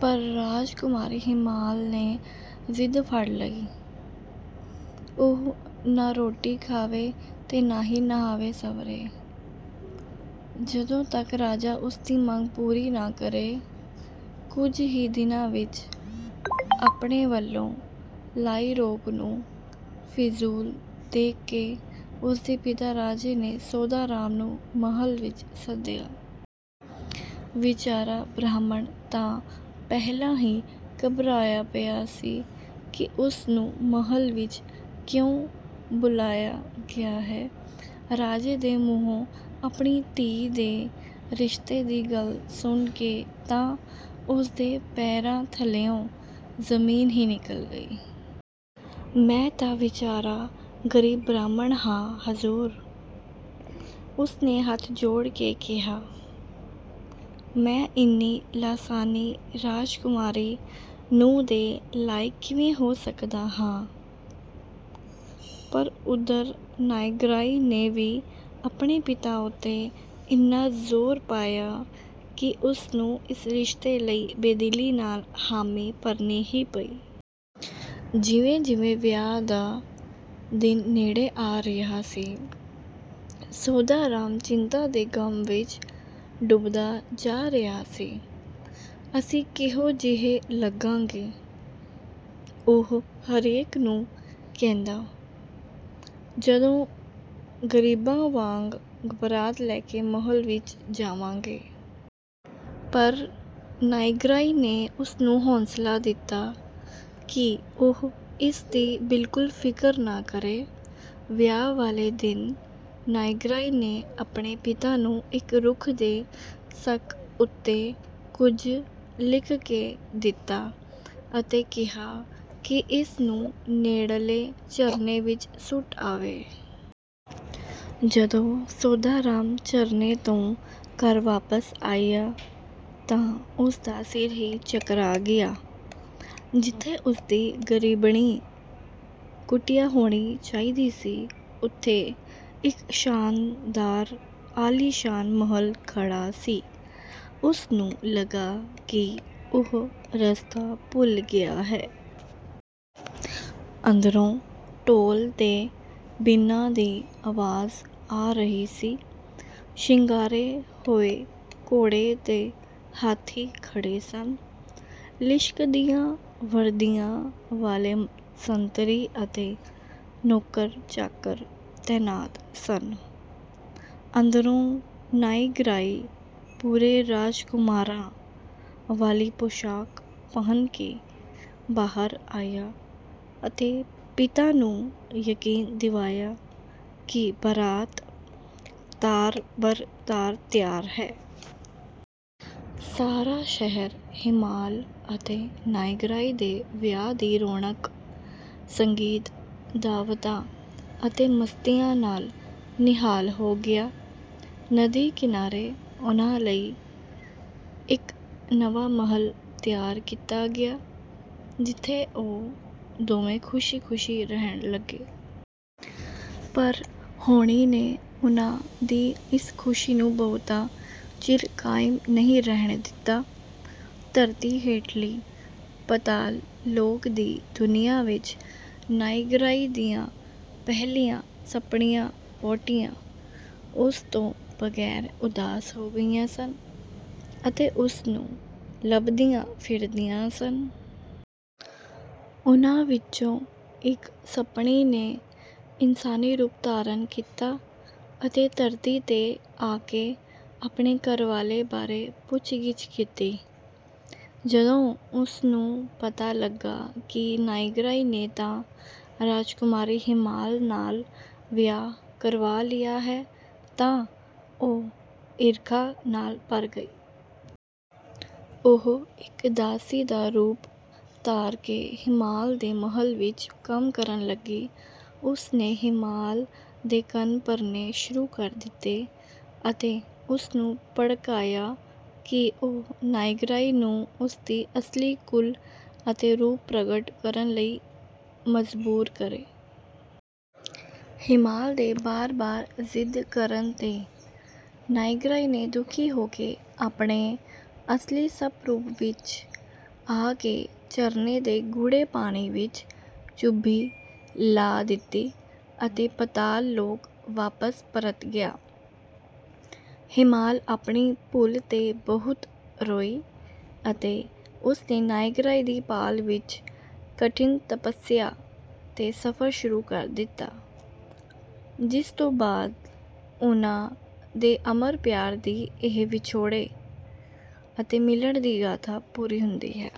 ਪਰ ਰਾਜਕੁਮਾਰੀ ਹੀਮਾਲ ਨੇ ਜ਼ਿੱਦ ਫੜ ਲਈ—ਉਹ ਨਾ ਰੋਟੀ ਖਾਵੇ ਤੇ ਨਾ ਹੀ ਨਹਾਵੇ-ਸੰਵਰੇ, ਜਦੋਂ ਤੱਕ ਰਾਜਾ ਉਸ ਦੀ ਮੰਗ ਪੂਰੀ ਨਾ ਕਰੇ। ਕੁਝ ਹੀ ਦਿਨਾਂ ਵਿੱਚ, ਆਪਣੇ ਵੱਲੋਂ ਲਾਈ ਰੋਕ ਨੂੰ ਫ਼ਿਜ਼ੂਲ ਦੇਖ ਕੇ, ਉਸ ਦੇ ਪਿਤਾ ਰਾਜੇ ਨੇ ਸੋਧਾ ਰਾਮ ਨੂੰ ਮਹੱਲ ਵਿੱਚ ਸੱਦਿਆ। ਵਿਚਾਰਾ ਬ੍ਰਾਹਮਣ ਤਾਂ ਪਹਿਲਾਂ ਹੀ ਘਬਰਾਇਆ ਪਿਆ ਸੀ ਕਿ ਉਸ ਨੂੰ ਮਹੱਲ ਵਿੱਚ ਕਿਉਂ ਬੁਲਾਇਆ ਗਿਆ ਹੈ। ਰਾਜੇ ਦੇ ਮੂੰਹੋਂ ਆਪਣੀ ਧੀ ਦੇ ਰਿਸ਼ਤੇ ਦੀ ਗੱਲ ਸੁਣ ਕੇ ਤਾਂ ਉਸ ਦੇ ਪੈਰਾਂ ਥੱਲਿਓਂ ਜ਼ਮੀਨ ਹੀ ਨਿਕਲ ਗਈ! "ਮੈਂ ਤਾਂ ਵਿਚਾਰਾ ਗਰੀਬ ਬ੍ਰਾਹਮਣ ਹਾਂ, ਹਜ਼ੂਰ!" ਉਸ ਨੇ ਹੱਥ ਜੋੜ ਕੇ ਕਿਹਾ, "ਮੈਂ ਇੰਨੀ ਲਾਸਾਨੀ ਰਾਜਕੁਮਾਰੀ ਨੂੰਹ ਦੇ ਲਾਇਕ ਕਿਵੇਂ ਹੋ ਸਕਦਾ ਹਾਂ?" ਪਰ ਉੱਧਰ ਨਾਇਗ੍ਰਾਈ ਨੇ ਵੀ ਆਪਣੇ ਪਿਤਾ ਉੱਤੇ ਇੰਨਾ ਜ਼ੋਰ ਪਾਇਆ ਕਿ ਉਸ ਨੂੰ ਇਸ ਰਿਸ਼ਤੇ ਲਈ ਬੇਦਿਲੀ ਨਾਲ ਹਾਮੀ ਭਰਨੀ ਹੀ ਪਈ। ਜਿਵੇਂ-ਜਿਵੇਂ ਵਿਆਹ ਦਾ ਦਿਨ ਨੇੜੇ ਆ ਰਿਹਾ ਸੀ, ਸੋਧਾ ਰਾਮ ਚਿੰਤਾ ਦੇ ਗ਼ਮ ਵਿੱਚ ਡੁੱਬਦਾ ਜਾ ਰਿਹਾ ਸੀ। "ਅਸੀਂ ਕਿਹੋ ਜਿਹੇ ਲੱਗਾਂਗੇ," ਉਹ ਹਰੇਕ ਨੂੰ ਕਹਿੰਦਾ, "ਜਦੋਂ ਗ਼ਰੀਬਾਂ ਵਾਂਗ ਬਾਰਾਤ ਲੈ ਕੇ ਮਹੱਲ ਵਿੱਚ ਜਾਵਾਂਗੇ!" ਪਰ ਨਾਇਗ੍ਰਾਈ ਨੇ ਉਸ ਨੂੰ ਹੌਸਲਾ ਦਿੱਤਾ ਕਿ ਉਹ ਇਸ ਦੀ ਬਿਲਕੁਲ ਫ਼ਿਕਰ ਨਾ ਕਰੇ। ਵਿਆਹ ਵਾਲੇ ਦਿਨ ਨਾਇਗ੍ਰਾਈ ਨੇ ਆਪਣੇ ਪਿਤਾ ਨੂੰ ਇੱਕ ਰੁੱਖ ਦੇ ਸੱਕ ਉੱਤੇ ਕੁਝ ਲਿਖ ਕੇ ਦਿੱਤਾ ਅਤੇ ਕਿਹਾ ਕਿ ਇਸ ਨੂੰ ਨੇੜਲੇ ਝਰਨੇ ਵਿੱਚ ਸੁੱਟ ਆਵੇ। ਜਦੋਂ ਸੋਧਾ ਰਾਮ ਝਰਨੇ ਤੋਂ ਘਰ ਵਾਪਸ ਆਇਆ ਤਾਂ ਉਸ ਦਾ ਸਿਰ ਹੀ ਚਕਰਾ ਗਿਆ! ਜਿੱਥੇ ਉਸ ਦੀ ਗ਼ਰੀਬਣੀ ਕੁਟੀਆ ਹੋਣੀ ਚਾਹੀਦੀ ਸੀ, ਉੱਥੇ ਇੱਕ ਸ਼ਾਨਦਾਰ ਆਲੀਸ਼ਾਨ ਮਹੱਲ ਖੜ੍ਹਾ ਸੀ। ਉਸ ਨੂੰ ਲੱਗਾ ਕਿ ਉਹ ਰਸਤਾ ਭੁੱਲ ਗਿਆ ਹੈ। ਅੰਦਰੋਂ ਢੋਲ ਤੇ ਬੀਨਾਂ ਦੀ ਆਵਾਜ਼ ਆ ਰਹੀ ਸੀ, ਸ਼ਿੰਗਾਰੇ ਹੋਏ ਘੋੜੇ ਤੇ ਹਾਥੀ ਖੜ੍ਹੇ ਸਨ, ਲਿਸ਼ਕਦੀਆਂ ਵਰਦੀਆਂ ਵਾਲੇ ਸੰਤਰੀ ਅਤੇ ਨੌਕਰ-ਚਾਕਰ ਤੈਨਾਤ ਸਨ। ਅੰਦਰੋਂ ਨਾਇਗ੍ਰਾਈ ਪੂਰੇ ਰਾਜਕੁਮਾਰਾਂ ਵਾਲੀ ਪੋਸ਼ਾਕ ਪਹਿਨ ਕੇ ਬਾਹਰ ਆਇਆ ਅਤੇ ਪਿਤਾ ਨੂੰ ਯਕੀਨ ਦਿਵਾਇਆ ਕਿ ਬਾਰਾਤ ਤਾਰ-ਬਰ-ਤਾਰ ਤਿਆਰ ਹੈ। ਸਾਰਾ ਸ਼ਹਿਰ ਹੀਮਾਲ ਅਤੇ ਨਾਇਗ੍ਰਾਈ ਦੇ ਵਿਆਹ ਦੀ ਰੌਣਕ, ਸੰਗੀਤ, ਦਾਅਵਤਾਂ ਅਤੇ ਮਸਤੀਆਂ ਨਾਲ ਨਿਹਾਲ ਹੋ ਗਿਆ। ਨਦੀ ਕਿਨਾਰੇ ਉਨ੍ਹਾਂ ਲਈ ਇੱਕ ਨਵਾਂ ਮਹੱਲ ਤਿਆਰ ਕੀਤਾ ਗਿਆ, ਜਿੱਥੇ ਉਹ ਦੋਵੇਂ ਖ਼ੁਸ਼ੀ-ਖ਼ੁਸ਼ੀ ਰਹਿਣ ਲੱਗੇ। ਪਰ ਹੋਣੀ ਨੇ ਉਨ੍ਹਾਂ ਦੀ ਇਸ ਖ਼ੁਸ਼ੀ ਨੂੰ ਬਹੁਤਾ ਚਿਰ ਕਾਇਮ ਨਹੀਂ ਰਹਿਣ ਦਿੱਤਾ। ਧਰਤੀ ਹੇਠਲੀ ਪਤਾਲ-ਲੋਕ ਦੀ ਦੁਨੀਆ ਵਿੱਚ ਨਾਇਗ੍ਰਾਈ ਦੀਆਂ ਪਹਿਲੀਆਂ ਸੱਪਣੀਆਂ-ਵਹੁਟੀਆਂ ਉਸ ਤੋਂ ਬਗ਼ੈਰ ਉਦਾਸ ਹੋ ਗਈਆਂ ਸਨ ਅਤੇ ਉਸ ਨੂੰ ਲੱਭਦੀਆਂ ਫਿਰਦੀਆਂ ਸਨ। ਉਨ੍ਹਾਂ ਵਿੱਚੋਂ ਇੱਕ ਸੱਪਣੀ ਨੇ ਇਨਸਾਨੀ ਰੂਪ ਧਾਰਨ ਕੀਤਾ ਅਤੇ ਧਰਤੀ 'ਤੇ ਆ ਕੇ ਆਪਣੇ ਘਰਵਾਲੇ ਬਾਰੇ ਪੁੱਛਗਿੱਛ ਕੀਤੀ। ਜਦੋਂ ਉਸ ਨੂੰ ਪਤਾ ਲੱਗਾ ਕਿ ਨਾਇਗ੍ਰਾਈ ਨੇ ਤਾਂ ਰਾਜਕੁਮਾਰੀ ਹੀਮਾਲ ਨਾਲ ਵਿਆਹ ਕਰਵਾ ਲਿਆ ਹੈ, ਤਾਂ ਉਹ ਈਰਖਾ ਨਾਲ ਭਰ ਗਈ। ਉਹ ਇੱਕ ਦਾਸੀ ਦਾ ਰੂਪ ਧਾਰ ਕੇ ਹੀਮਾਲ ਦੇ ਮਹੱਲ ਵਿੱਚ ਕੰਮ ਕਰਨ ਲੱਗੀ। ਉਸ ਨੇ ਹੀਮਾਲ ਦੇ ਕੰਨ ਭਰਨੇ ਸ਼ੁਰੂ ਕਰ ਦਿੱਤੇ ਅਤੇ ਉਸ ਨੂੰ ਭੜਕਾਇਆ ਕਿ ਉਹ ਨਾਇਗ੍ਰਾਈ ਨੂੰ ਉਸ ਦੀ ਅਸਲੀ ਕੁੱਲ ਅਤੇ ਰੂਪ ਪ੍ਰਗਟ ਕਰਨ ਲਈ ਮਜ਼ਬੂਰ ਕਰੇ। ਹੀਮਾਲ ਦੇ ਬਾਰ-ਬਾਰ ਜ਼ਿੱਦ ਕਰਨ 'ਤੇ, ਨਾਇਗ੍ਰਾਈ ਨੇ ਦੁਖੀ ਹੋ ਕੇ ਆਪਣੇ ਅਸਲੀ ਸੱਪ-ਰੂਪ ਵਿੱਚ ਆ ਕੇ ਝਰਨੇ ਦੇ ਗੂੜ੍ਹੇ ਪਾਣੀ ਵਿੱਚ ਚੁੱਭੀ ਲਾ ਦਿੱਤੀ ਅਤੇ ਪਤਾਲ-ਲੋਕ ਵਾਪਸ ਪਰਤ ਗਿਆ। ਹੀਮਾਲ ਆਪਣੀ ਭੁੱਲ 'ਤੇ ਬਹੁਤ ਰੋਈ ਅਤੇ ਉਸ ਨੇ ਨਾਇਗ੍ਰਾਈ ਦੀ ਭਾਲ ਵਿੱਚ ਕਠਿਨ ਤਪੱਸਿਆ ਤੇ ਸਫ਼ਰ ਸ਼ੁਰੂ ਕਰ ਦਿੱਤਾ, ਜਿਸ ਤੋਂ ਬਾਅਦ ਉਨ੍ਹਾਂ ਦੇ ਅਮਰ ਪਿਆਰ ਦੀ ਇਹ ਵਿਛੋੜੇ ਅਤੇ ਮਿਲਣ ਦੀ ਗਾਥਾ ਪੂਰੀ ਹੁੰਦੀ ਹੈ।